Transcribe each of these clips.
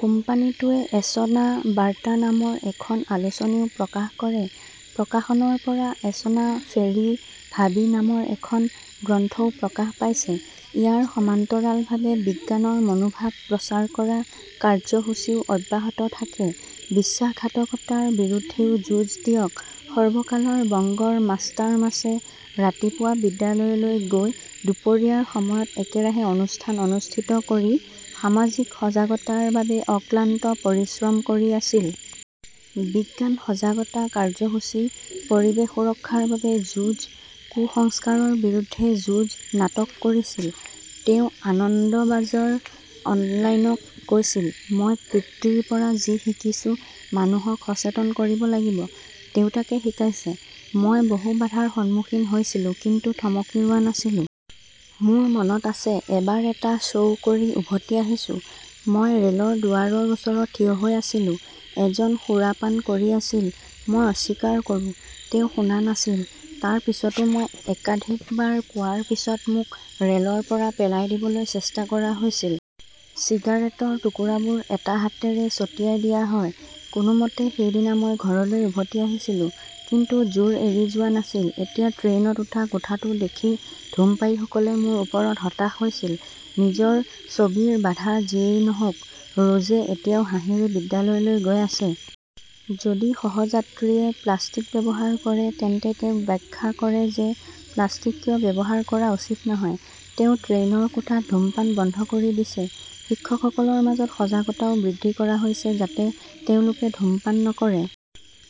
কোম্পানীটোৱে এচনা বাৰ্তা নামৰ এখন আলোচনীও প্ৰকাশ কৰে। প্ৰকাশনৰ পৰা এচনা ফেৰি ভাবী নামৰ এখন গ্ৰন্থও প্ৰকাশ পাইছে। ইয়াৰ সমান্তৰালভাৱে বিজ্ঞানৰ মনোভাৱ প্ৰচাৰ কৰা কাৰ্যসূচীও অব্যাহত থাকে। বিশ্বাসঘাতকতাৰ বিৰুদ্ধেও যুঁজ দিয়ক। সৰ্বকালৰ বংগৰ মাষ্টাৰমাছে ৰাতিপুৱা বিদ্যালয়লৈ গৈ, দুপৰীয়াৰ সময়ত একেৰাহে অনুষ্ঠান অনুষ্ঠিত কৰি, সামাজিক সজাগতাৰ বাবে অক্লান্ত পৰিশ্ৰম কৰি আছিল। বিজ্ঞান সজাগতা কাৰ্যসূচী, পৰিৱেশ সুৰক্ষাৰ বাবে যুঁজ, কুসংস্কাৰৰ বিৰুদ্ধে যুঁজ, নাটক‌ কৰিছিল। তেওঁ আনন্দবাজাৰ অনলাইনক কৈছিল, মই পিতৃৰ পৰা যি শিকিছো, মানুহক সচেতন কৰিব লাগিব। দেউতাকে শিকাইছে। মই বহু বাধাৰ সন্মুখীন হৈছিলো, কিন্তু থমকি ৰোৱা নাছিলো। মোৰ মনত আছে, এবাৰ এটা শ্ব' কৰি উভতি আহিছোঁ। মই ৰেলৰ দুৱাৰৰ ওচৰত থিয় হৈ আছিলো। এজন সুৰাপান কৰি আছিল। মই অস্বীকাৰ কৰোঁ। তেওঁ শুনা নাছিল। তাৰ পিছতো মই একাধিকবাৰ কোৱাৰ পিছত মোক ৰেলৰ পৰা পেলাই দিবলৈ চেষ্টা কৰা হৈছিল। চিগাৰেটৰ টুকুৰাবোৰ এটা হাতেৰে ছটিয়াই দিয়া হয়। কোনোমতে সেইদিনা মই ঘৰলৈ উভতি আহিছিলো। কিন্তু জোৰ এৰি যোৱা নাছিল। এতিয়া ট্ৰেইনত উঠা কোঠাটো দেখি ধূমপায়ীসকলে মোৰ ওপৰত হতাশ হৈছিল। নিজৰ ছবিৰ বাধা যিয়েই নহওঁক, ৰোজে এতিয়াও হাঁহিৰে বিদ্যালয়লৈ গৈ আছে। যদি সহ-যাত্ৰীয়ে প্লাষ্টিক ব্যৱহাৰ কৰে তেন্তে তেওঁক ব্যাখ্যা কৰে যে প্লাষ্টিক কিয় ব্যৱহাৰ কৰা উচিত নহয়। তেওঁ ট্ৰেইনৰ কোঠাত ধূমপান বন্ধ কৰি দিছে। শিক্ষকসকলৰ মাজত সজাগতাও বৃদ্ধি কৰা হৈছে যাতে তেওঁলোকে ধূমপান নকৰে।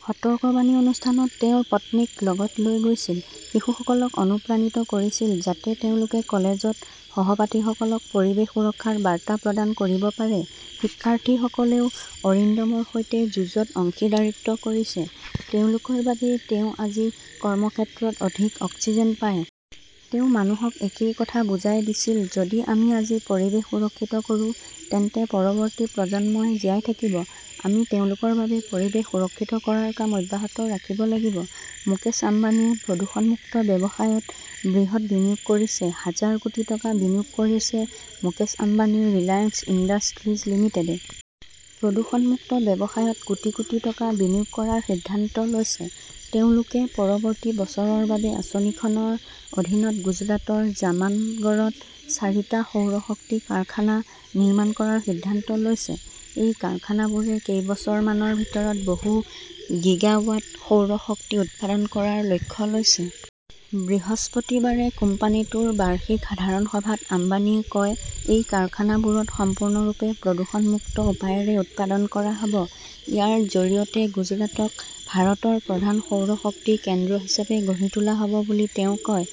সতৰ্কবাণী অনুষ্ঠানত তেওঁৰ পত্নীক লগত লৈ গৈছিল। শিশুসকলক অনুপ্ৰাণিত কৰিছিল, যাতে তেওঁলোকে কলেজত সহপাঠীসকলক পৰিৱেশ সুৰক্ষাৰ বাৰ্তা প্ৰদান কৰিব পাৰে। শিক্ষাৰ্থীসকলেও অৰিণ্ডমৰ সৈতে যুঁজত অংশীদাৰীত্ব কৰিছে। তেওঁলোকৰ বাবেই তেওঁ আজি কৰ্মক্ষেত্ৰত অধিক অক্সিজেন পায়। তেওঁ মানুহক একেই কথা বুজাই দিছিল, যদি আমি আজি পৰিৱেশ সুৰক্ষিত কৰোঁ, তেন্তে পৰৱৰ্তী প্ৰজন্ম জীয়াই থাকিব। আমি তেওঁলোকৰ বাবে পৰিৱেশ সুৰক্ষিত কৰাৰ কাম অব্যাহত ৰাখিব লাগিব। মুকেশ আম্বানীয়ে প্ৰদূষণ-মুক্ত ব্যৱসায়ত বৃহৎ বিনিয়োগ কৰিছে, হাজাৰ কোটি টকা বিনিয়োগ কৰিছে মুকেশ আম্বানীৰ ৰিলায়েন্স ইণ্ডাষ্ট্ৰীজ লিমিটেডে। প্ৰদূষণ-মুক্ত ব্যৱসায়ত কোটি কোটি টকা বিনিয়োগ কৰাৰ সিদ্ধান্ত লৈছে। তেওঁলোকে পৰৱৰ্তী বছৰৰ বাবে আঁচনিখনৰ অধীনত গুজৰাটৰ জামানগৰত চাৰিটা সৌৰ শক্তি কাৰখানা নিৰ্মাণ কৰাৰ সিদ্ধান্ত লৈছে। এই কাৰখানাবোৰে কেইবছৰমানৰ ভিতৰত‌ বহু গিগাৱাট সৌৰ শক্তি উৎপাদন কৰাৰ লক্ষ্য লৈছে। বৃহস্পতিবাৰে কোম্পানীটোৰ বাৰ্ষিক সাধাৰণ সভাত আম্বানীয়ে কয়, এই কাৰখানাবোৰত সম্পূৰ্ণৰূপে প্ৰদূষণ-মুক্ত উপায়েৰে উৎপাদন কৰা হ'ব। ইয়াৰ জৰিয়তে গুজৰাটক ভাৰতৰ প্ৰধান সৌৰ শক্তি কেন্দ্ৰ হিচাপে গঢ়ি তোলা হ'ব বুলি তেওঁ কয়।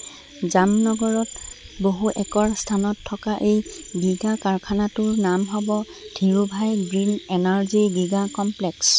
জামনগৰত বহু একৰ স্থানত থকা এই গিগা কাৰখানাটোৰ নাম হ'ব Dhirubhai green energy giga complex.